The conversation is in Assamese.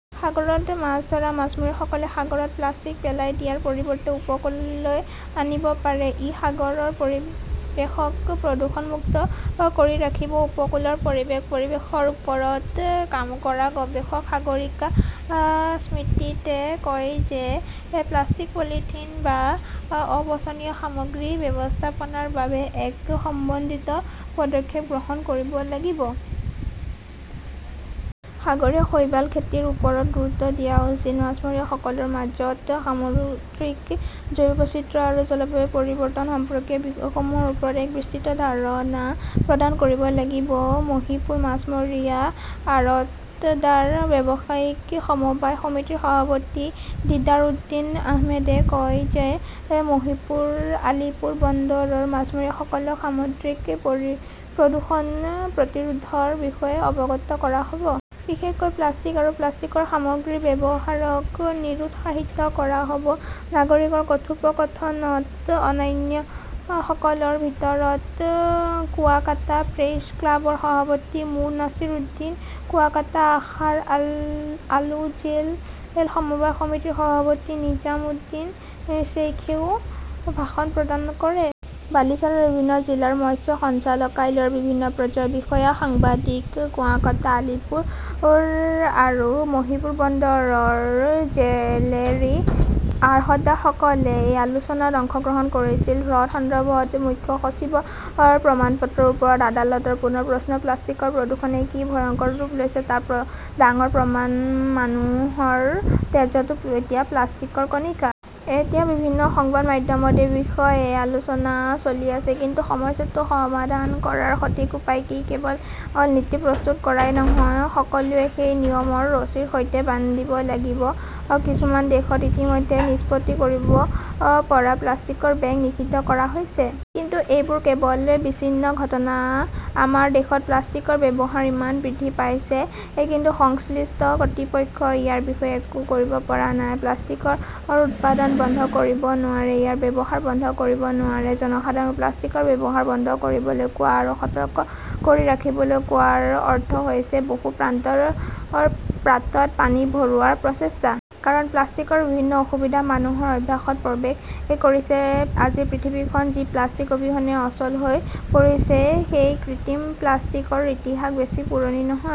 সাগৰত মাছ ধৰা মাছমৰীয়াসকলে সাগৰত প্লাষ্টিক পেলাই দিয়াৰ পৰিৱৰ্তে উপকূললৈ আনিব পাৰে। ই সাগৰৰ পৰিৱেশক প্ৰদূষণ মুক্ত কৰি ৰাখিব।" উপকূলৰ পৰিৱেশ-পৰিৱেশৰ ওপৰত কাম কৰা গৱেষক সাগৰিকা স্মৃতিয়ে কয় যে, "প্লাষ্টিক-পলিথিন বা অপচনীয় সামগ্ৰী ব্যৱস্থাপনাৰ বাবে এক সমন্বিত পদক্ষেপ গ্ৰহণ কৰিব লাগিব। সাগৰীয় শৈবাল খেতিৰ ওপৰত গুৰুত্ব দিয়া উচিত। মাছমৰীয়াসকলৰ মাজত সামুদ্ৰিক জৈৱ বৈচিত্ৰ্য আৰু জলবায়ু পৰিৱৰ্তন সম্পৰ্কীয় বিষয়সমূহৰ ওপৰত এক বিস্তৃত ধাৰণা প্ৰদান কৰিব লাগিব।" মহীপুৰ মাছমৰীয়া আৰতদাৰ ব্যৱসায়ী সমবায় সমিতিৰ সভাপতি দীদাৰ উদ্দীন আহমেদে কয় যে, "মহীপুৰ-আলীপুৰ বন্দৰৰ মাছমৰীয়াসকলক সামুদ্ৰিক প্ৰদূষণ প্ৰতিৰোধৰ বিষয়ে অৱগত কৰা হ'ব। বিশেষকৈ প্লাষ্টিক আৰু প্লাষ্টিকৰ সামগ্ৰীৰ ব্যৱহাৰক নিৰুৎসাহিত কৰা হ'ব।" নাগৰিকৰ কথোপকথনত অন্যান্যসকলৰ ভিতৰত কুৱাকাটা প্ৰেছ ক্লাবৰ সভাপতি মো. নাছিৰ উদ্দীন, কুৱাকাটা আশৰ আলো জেল সমবায় সমিতিৰ সভাপতি নিজাম উদ্দীন শ্বেইখেও ভাষণ প্ৰদান কৰে। বাৰিছালৰ বিভিন্ন জিলাৰ মৎস্য সঞ্চালকালয়ৰ বিভিন্ন পৰ্যায়ৰ বিষয়া, সাংবাদিক, কুৱাকাটা, আলীপুৰ আৰু মহীপুৰ বন্দৰৰ জেলেৰী, আৰহতদাৰসকলে এই আলোচনাত অংশগ্ৰহণ কৰিছিল। হ্ৰদ সন্দৰ্ভত মুখ্য সচিবৰ প্ৰমাণপত্ৰৰ ওপৰত আদালতৰ পুনৰ প্ৰশ্ন প্লাষ্টিকৰ প্ৰদূষণে কি ভয়ংকৰ ৰূপ লৈছে তাৰ ডাঙৰ প্ৰমাণ, মানুহৰ তেজতো এতিয়া প্লাষ্টিকৰ কণিকা। এতিয়া বিভিন্ন সংবাদ মাধ্যমত এই বিষয়ে আলোচনা চলি আছে। কিন্তু সমস্যাটো সমাধান কৰাৰ সঠিক উপায় কি? কেৱল নীতি প্ৰস্তুত কৰাই নহয়, সকলোৱে সেই নিয়মৰ ৰছীৰ সৈতে বান্ধিব লাগিব। কিছুমান দেশত ইতিমধ্যে নিষ্পত্তি কৰিব পৰা প্লাষ্টিকৰ বেগ নিষিদ্ধ কৰা হৈছে। কিন্তু এইবোৰ কেৱল বিচ্ছিন্ন ঘটনা। আমাৰ দেশত প্লাষ্টিকৰ ব্যৱহাৰ ইমান বৃদ্ধি পাইছে, কিন্তু সংশ্লিষ্ট কৰ্তৃপক্ষই ইয়াৰ বিষয়ে একো কৰিব পৰা নাই। প্লাষ্টিকৰ উৎপাদন বন্ধ কৰিব নোৱাৰে, ইয়াৰ ব্যৱহাৰ বন্ধ কৰিব নোৱাৰে। জনসাধাৰণক প্লাষ্টিকৰ ব্যৱহাৰ বন্ধ কৰিবলৈ কোৱা আৰু সতৰ্ক কৰি ৰাখিবলৈ কোৱাৰ অৰ্থ হৈছে বহু-প্ৰান্তৰ পাত্ৰত পানী ভৰোৱাৰ প্ৰচেষ্টা। কাৰণ, প্লাষ্টিকৰ বিভিন্ন সুবিধা মানুহৰ অভ্যাসত প্ৰৱেশ কৰিছে। আজিৰ পৃথিৱীখন যি প্লাষ্টিক অবিহনে অচল হৈ পৰিছে, সেই কৃত্ৰিম প্লাষ্টিকৰ ইতিহাস বেছি পুৰণি নহয়।